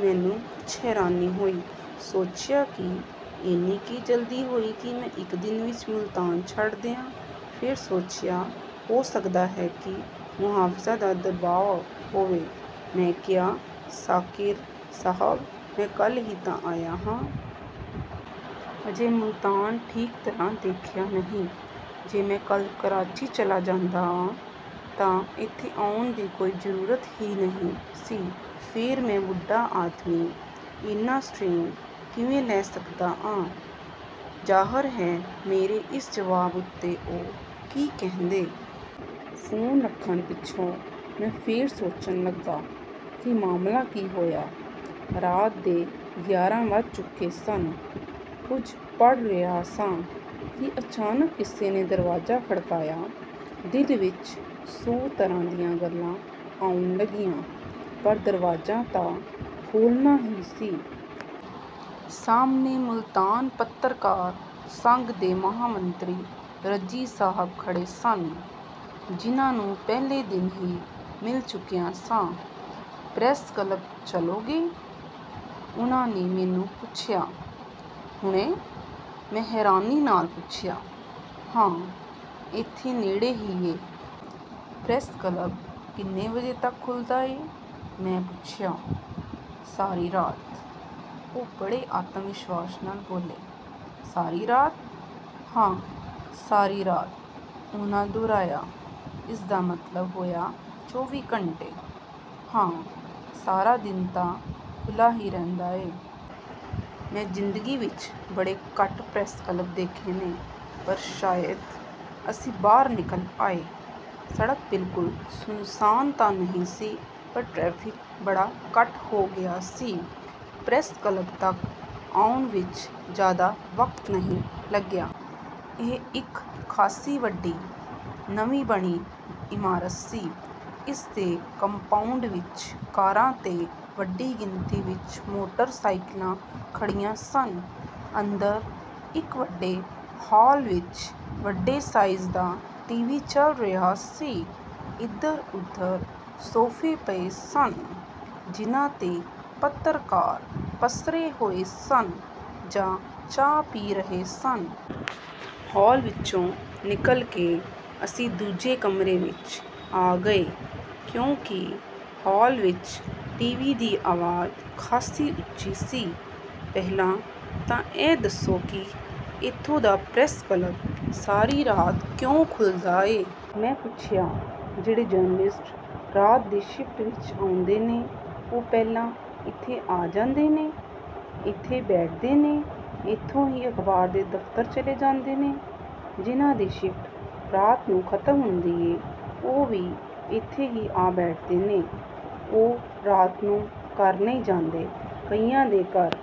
ਮੈਨੂੰ ਕੁਝ ਹੈਰਾਨੀ ਹੋਈ। ਸੋਚਿਆ ਕਿ ਏਨੀ ਕੀ ਜਲਦੀ ਹੋਈ ਕਿ ਮੈਂ ਇਕ ਦਿਨ ਵਿੱਚ ਮੁਲਤਾਨ ਛੱਡ ਦਿਆਂ? ਫੇਰ ਸੋਚਿਆ, ਹੋ ਸਕਦਾ ਹੈ ਕਿ 'ਮੋਹਾਫ਼ਿਜ਼ਾਂ' ਦਾ ਦਬਾਅ ਹੋਵੇ। ਮੈਂ ਕਿਹਾ, "ਸਾਕਿਰ ਸਾਹਬ, ਮੈਂ ਕੱਲ੍ਹ ਹੀ ਤਾਂ ਆਇਆ ਆਂ। ਅਜੇ ਮੁਲਤਾਨ ਠੀਕ ਤਰ੍ਹਾਂ ਦੇਖਿਆ ਨਹੀਂ। ਜੇ ਕੱਲ੍ਹ ਮੈਂ ਕਰਾਚੀ ਚਲਾ ਜਾਂਦਾ ਆਂ ਤਾਂ ਇੱਥੇ ਆਉਣ ਦੀ ਕੋਈ ਜ਼ਰੂਰਤ ਹੀ ਨਹੀਂ ਸੀ। ਫੇਰ ਮੈਂ ਬੁੱਢਾ ਆਦਮੀ, ਏਨਾ ਸਟ੍ਰੇਨ ਕਿਵੇਂ ਲੈ ਸਕਦਾ ਆਂ?" ਜ਼ਾਹਰ ਹੈ, ਮੇਰੇ ਇਸ ਜਵਾਬ ਉੱਤੇ ਉਹ ਕੀ ਕਹਿੰਦੇ? ਫ਼ੋਨ ਰੱਖਣ ਪਿੱਛੋਂ ਮੈਂ ਫੇਰ ਸੋਚਣ ਲੱਗਾ ਕਿ ਮਾਮਲਾ ਕੀ ਹੋਇਆ? ਰਾਤ ਦੇ ਗਿਆਰਾਂ ਵੱਜ ਚੁੱਕੇ ਸਨ। ਕੁਝ ਪੜ੍ਹ ਰਿਹਾ ਸਾਂ ਕਿ ਅਚਾਨਕ ਕਿਸੇ ਨੇ ਦਰਵਾਜ਼ਾ ਖੜਕਾਇਆ। ਦਿਲ ਵਿੱਚ ਸੌ ਤਰ੍ਹਾਂ ਦੀਆਂ ਗੱਲਾਂ ਆਉਣ ਲੱਗੀਆਂ, ਪਰ ਦਰਵਾਜ਼ਾ ਤਾਂ ਖੋਲ੍ਹਣਾ ਹੀ ਸੀ। ਸਾਹਮਣੇ ਮੁਲਤਾਨ ਪੱਤਰਕਾਰ ਸੰਘ ਦੇ ਮਹਾਮੰਤਰੀ ਰਜ਼ੀ ਸਾਹਬ ਖੜ੍ਹੇ ਸਨ, ਜਿਨ੍ਹਾਂ ਨੂੰ ਪਹਿਲੇ ਦਿਨ ਹੀ ਮਿਲ ਚੁੱਕਿਆ ਸਾਂ। "ਪ੍ਰੈਸ ਕਲੱਬ ਚਲੋਗੇ?" ਉਹਨਾਂ ਮੈਨੂੰ ਪੁੱਛਿਆ। "ਹੁਣੇ!" ਮੈਂ ਹੈਰਾਨੀ ਨਾਲ ਪੁੱਛਿਆ। "ਹਾਂ... ਇੱਥੇ ਨੇੜੇ ਹੀ ਏ।" "ਪ੍ਰੈਸ ਕਲੱਬ ਕਿੰਨੇ ਵਜੇ ਤੱਕ ਖੁੱਲ੍ਹਦਾ ਏ?" ਮੈਂ ਪੁੱਛਿਆ। "ਸਾਰੀ ਰਾਤ।" ਉਹ ਬੜੇ ਆਤਮ-ਵਿਸ਼ਵਾਸ ਨਾਲ ਬੋਲੇ। "ਸਾਰੀ ਰਾਤ?" "ਹਾਂ... ਸਾਰੀ ਰਾਤ।" ਉਹਨਾਂ ਦੋਹਰਾਇਆ। "ਇਸਦਾ ਮਤਲਬ ਹੋਇਆ ਚੌਵੀ ਘੰਟੇ?" "ਹਾਂ... ਸਾਰਾ ਦਿਨ ਤਾਂ ਖੁੱਲ੍ਹਾ ਹੀ ਰਹਿੰਦਾ ਏ।" "ਮੈਂ ਜ਼ਿੰਦਗੀ ਵਿੱਚ ਬੜੇ ਘੱਟ ਪ੍ਰੈਸ ਕਲੱਬ ਦੇਖੇ ਨੇ... ਪਰ ਸ਼ਾਇਦ..." ਅਸੀਂ ਬਾਹਰ ਨਿਕਲ ਆਏ। ਸੜਕ ਬਿਲਕੁਲ ਸੁੰਨਸਾਨ ਤਾਂ ਨਹੀਂ ਸੀ, ਪਰ ਟ੍ਰੈਫਿਕ ਬੜਾ ਘੱਟ ਹੋ ਗਿਆ ਸੀ। ਪ੍ਰੈਸ ਕਲੱਬ ਤੱਕ ਆਉਣ ਵਿੱਚ ਜ਼ਿਆਦਾ ਵਕਤ ਨਹੀਂ ਲੱਗਿਆ। ਇਹ ਇਕ ਖਾਸੀ ਵੱਡੀ, ਨਵੀਂ ਬਣੀ ਇਮਾਰਤ ਸੀ। ਇਸਦੇ ਕੰਪਾਊਂਡ ਵਿੱਚ ਕਾਰਾਂ ਤੇ ਵੱਡੀ ਗਿਣਤੀ ਵਿੱਚ ਮੋਟਰ-ਸਾਈਕਲਾਂ ਖੜ੍ਹੀਆਂ ਸਨ। ਅੰਦਰ ਇਕ ਵੱਡੇ ਹਾਲ ਵਿੱਚ ਵੱਡੇ ਸਾਈਜ਼ ਦਾ ਟੀਵੀ ਚੱਲ ਰਿਹਾ ਸੀ। ਇਧਰ-ਉਧਰ ਸੋਫੇ ਪਏ ਸਨ, ਜਿਨ੍ਹਾਂ 'ਤੇ ਪੱਤਰਕਾਰ ਪੱਸਰੇ ਹੋਏ ਸਨ ਜਾਂ ਚਾਹ ਪੀ ਰਹੇ ਸਨ। ਹੌਲ ਵਿੱਚੋਂ ਨਿਕਲ ਕੇ ਅਸੀਂ ਦੂਜੇ ਕਮਰੇ ਵਿੱਚ ਆ ਗਏ, ਕਿਉਂਕਿ ਹੌਲ ਵਿੱਚ ਟੀਵੀ ਦੀ ਆਵਾਜ਼ ਖਾਸੀ ਉੱਚੀ ਸੀ। "ਪਹਿਲਾਂ ਤਾਂ ਇਹ ਦੱਸੋ ਕਿ ਇੱਥੋਂ ਦਾ ਪ੍ਰੈਸ ਕਲੱਬ ਸਾਰੀ ਰਾਤ ਕਿਉਂ ਖੁੱਲ੍ਹਦਾ ਏ?" ਮੈਂ ਪੁੱਛਿਆ। "ਜਿਹੜੇ ਜਰਨਲਿਸਟ ਰਾਤ ਦੀ ਸ਼ਿਫ਼ਟ ਵਿੱਚ ਆਉਂਦੇ ਨੇ, ਉਹ ਪਹਿਲਾਂ ਇੱਥੇ ਆ ਜਾਂਦੇ ਨੇ। ਇੱਥੇ ਬੈਠਦੇ ਨੇ, ਇੱਥੋਂ ਹੀ ਅਖ਼ਬਾਰ ਦੇ ਦਫ਼ਤਰ ਚਲੇ ਜਾਂਦੇ ਨੇ। ਜਿਹਨਾਂ ਦੀ ਸ਼ਿਫ਼ਟ ਰਾਤ ਨੂੰ ਖ਼ਤਮ ਹੁੰਦੀ ਏ, ਉਹ ਵੀ ਇੱਥੇ ਹੀ ਆ ਬੈਠਦੇ ਨੇ।" "ਉਹ ਰਾਤ ਨੂੰ ਘਰ ਨਹੀਂ ਜਾਂਦੇ?" "ਕਈਆਂ ਦੇ ਘਰ..."